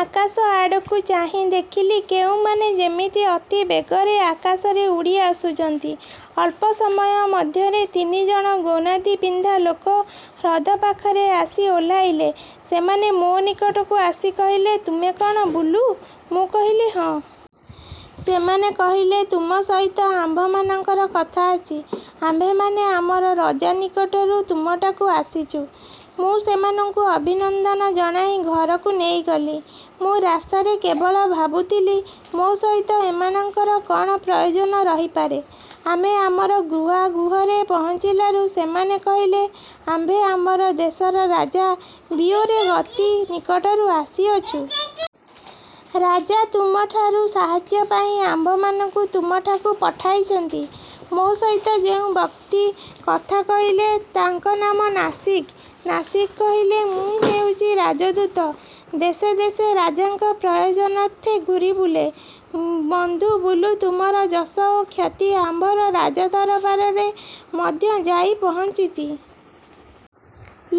ଆକାଶ ଆଡ଼କୁ ଚାହିଁ ଦେଖିଲି, କେଉଁମାନେ ଯେମିତି ଅତି ବେଗରେ ଆକାଶରେ ଉଡ଼ି ଆସୁଛନ୍ତି। ଅଳ୍ପ ସମୟ ମଧ୍ୟରେ ତିନି ଜଣ ଗ୍ରୌନଦିପିନ୍ଧା ଲୋକ ହ୍ରଦ ପାଖରେ ଆସି ଓହ୍ଲାଇଲେ। ସେମାନେ ମୋ ନିକଟକୁ ଆସି କହିଲେ, ''ତୁମେ କ'ଣ ବୁଲୁ? '' ମୁଁ କହିଲି ''ହଁ''। ସେମାନେ କହିଲେ, ''ତୁମ ସହିତ ଆମ୍ଭମାନଙ୍କର କଥା ଅଛି। ଆମ୍ଭେମାନେ ଆମର ରଜା ନିକଟରୁ ତୁମଠାକୁ ଆସିଛୁ। ମୁଁ ସେମାନଙ୍କୁ ଅଭିନନ୍ଦନ ଜଣାଇ ଘରକୁ ନେଇଗଲି। ମୁଁ ରାସ୍ତାରେ କେବଳ ଭାବୁଥିଲି, ମୋ ସହିତ ଏମାନଙ୍କର କ'ଣ ପ୍ରୟୋଜନ ରହିପାରେ-? ଆମେ ଆମର ଗୁହା-ଗୃହରେ ପହଞ୍ଚିଲାରୁ ସେମାନେ କହିଲେ, ''ଆମ୍ଭେ ଆମ୍ଭ ଦେଶର ରାଜା ବିୟୋରେଗତି ନିକଟରୁ ଆସିଅଛୁଁ। ରାଜା ତୁମଠାରୁ ସାହାଯ୍ୟପାଇଁ ଆମ୍ଭମାନଙ୍କୁ ତୁମଠାକୁ ପଠାଇଛନ୍ତି। '' ମୋ ସହିତ ଯେଉଁ ବ୍ୟକ୍ତି କଥା କହିଲେ, ତାଙ୍କ ନାମ ନାସିଗ୍। ନାସିଗ୍ କହିଲେ, ''ମୁଁ ହେଉଛି ରାଜଦୂତ। ଦେଶେ ଦେଶେ ରାଜାଙ୍କ ପ୍ରୟୋଜନାର୍ଥେ ଘୂରି ବୁଲେ। ବନ୍ଧୁ ବୁଲୁ ତୁମର ଯଶଃ ଓ ଖ୍ୟାତି ଆମ୍ଭର ରାଜଦରବାରରେ ମଧ୍ୟ ଯାଇ ପହଞ୍ଚିଛି।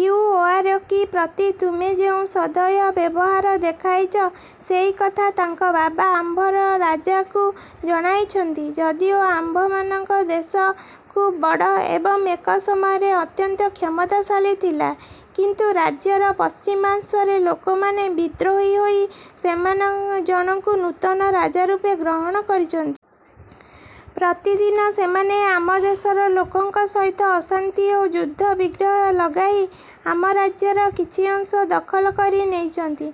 ଇଉଓୟାରକି ପ୍ରତି ତୁମେ ଯେଉଁ ସଦୟ ବ୍ୟବହାର ଦେଖାଇଛ, ସେଇ କଥା ତାଙ୍କ ବାବା ଆମ୍ଭର ରଜାଙ୍କୁ ଜଣାଇଛନ୍ତି। ଯଦିଓ ଆମ୍ଭମାନଙ୍କ ଦେଶ ଖୁବ୍ ବଡ଼ ଏବଂ ଏକ ସମୟରେ ଅତ୍ୟନ୍ତ କ୍ଷମତାଶାଳୀ ଥିଲା, କିନ୍ତୁ ରାଜ୍ୟର ପଶ୍ଚିମାଂଶରେ ଲୋକମାନେ ବିଦ୍ରୋହୀ ହୋଇ ସେମାନେ ଜଣକୁ ନୂତନ ରାଜାରୂପେ ଗ୍ରହଣ କରିଛନ୍ତି। ପ୍ରତିଦିନ ସେମାନେ ଆମ ଦେଶର ଲୋକଙ୍କ ସହିତ ଅଶାନ୍ତି ଓ ଯୁଦ୍ଧ ବିଗ୍ରହ ଲଗାଇ ଆମ ରାଜ୍ୟର କିଛି ଅଂଶ ଦଖଲ କରିନେଇଛନ୍ତି।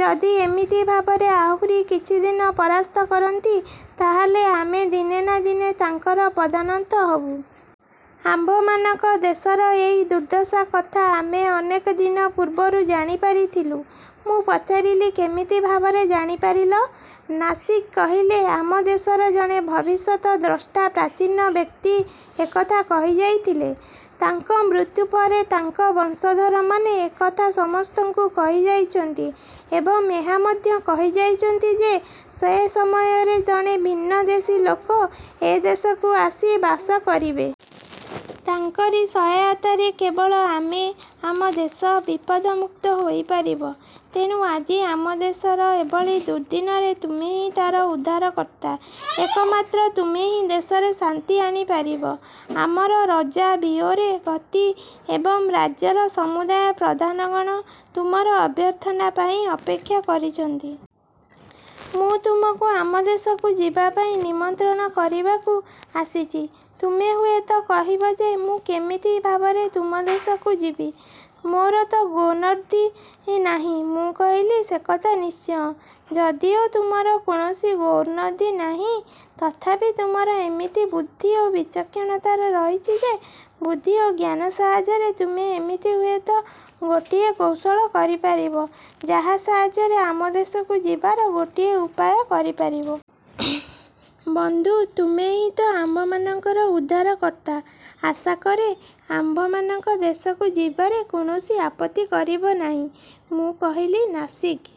ଯଦି ଏମିତି ଭାବରେ ଆମକୁ ଆହୁରି କିଛିଦିନ ପରାସ୍ତ କରନ୍ତି, ତାହାହେଲେ ଆମେ ଦିନେ ନା ଦିନେ ତାଙ୍କର ପଦାନତ ହେବୁ। ଆମ୍ଭମାନଙ୍କ ଦେଶର ଏଇ ଦୁର୍ଦ୍ଦଶା କଥା ଆମେ ଅନେକ ଦିନ ପୂର୍ବରୁ ଜାଣି ପାରିଥିଲୁ। '' ମୁଁ ପଚାରିଲି, ''କେମିତି ଭାବରେ ଜାଣିପାରିଲ? '' ନାସିଗ୍ କହିଲେ, ''ଆମ ଦେଶର ଜଣେ ଭବିଷ୍ୟତ ଦ୍ରଷ୍ଟା ପ୍ରାଚୀନ ବ୍ୟକ୍ତି ଏ କଥା କହିଯାଇଥିଲେ। ତାଙ୍କ ମୃତ୍ୟୁ ପରେ ତାଙ୍କ ବଂଶଧରମାନେ ଏ କଥା ସମସ୍ତଙ୍କୁ କହିଯାଇଛନ୍ତି ଏବଂ ଏହା ମଧ୍ୟ କହିଯାଇଛନ୍ତି ଯେ ସେ ସମୟରେ ଜଣେ ଭିନ୍ନ ଦେଶୀ ଲୋକ ଏ ଦେଶକୁ ଆସି ବାସ କରିବେ। ତାଙ୍କରି ସହାୟତାରେ କେବଳ ଆମେ, ଆମ ଦେଶ ବିପଦମୁକ୍ତ ହୋଇ ପାରିବ। ତେଣୁ ଆଜି ଆମ ଦେଶର ଏହିଭଳି ଦୁର୍ଦ୍ଦିନରେ ତୁମେ ହିଁ ତା'ର ଉଦ୍ଧାରକର୍ତ୍ତା। ଏକମାତ୍ର ତୁମେ ହିଁ ଦେଶରେ ଶାନ୍ତି ଆଣିପାରିବ। ଆମର ରଜା ବିୟୋରେଗତି ଏବଂ ରାଜ୍ୟର ସମୁଦାୟ ପ୍ରଧାନଗଣ ତୁମର ଅଭ୍ୟର୍ଥନାପାଇଁ ଅପେକ୍ଷା କରିଛନ୍ତି। ମୁଁ ତୁମକୁ ଆମ ଦେଶକୁ ଯିବାପାଇଁ ନିମନ୍ତ୍ରଣ କରିବାକୁ ଆସିଛି। ତୁମେ ହୁଏତ କହିବ ଯେ, ମୁଁ କେମିତି ଭାବରେ ତୁମ ଦେଶକୁ ଯିବି, ମୋର ତ ଗ୍ରୌନଦି ନାହିଁ। ମୁଁ କହିଲି, ସେ କଥା ନିଶ୍ଚୟ। ଯଦିଓ ତୁମର କୌଣସି ଗ୍ରୌନଦି ନାହିଁ, ତଥାପି ତୁମର ଏମିତି ବୁଦ୍ଧି ଓ ବିଚକ୍ଷଣତା ରହିଛି ଯେ, ବୁଦ୍ଧି ଓ ଜ୍ଞାନ ସାହାଯ୍ୟରେ ତୁମେ ଏମିତି ହୁଏତ ଗୋଟିଏ କୌଶଳ କରିପାରିବ, ଯାହା ସାହାଯ୍ୟରେ ଆମ ଦେଶକୁ ଯିବାର ଗୋଟିଏ ଉପାୟ କରିପାରିବ। ବନ୍ଧୁ, ତୁମେ ହିଁ ଆମ୍ଭମାନଙ୍କର ଉଦ୍ଧାର କର୍ତ୍ତା। ଆଶାକରେ ଆମ୍ଭମାନଙ୍କ ଦେଶକୁ ଯିବାରେ କୌଣସି ଆପତ୍ତି କରିବ ନାହିଁ। ମୁଁ କହିଲି, ନାସିଗ୍,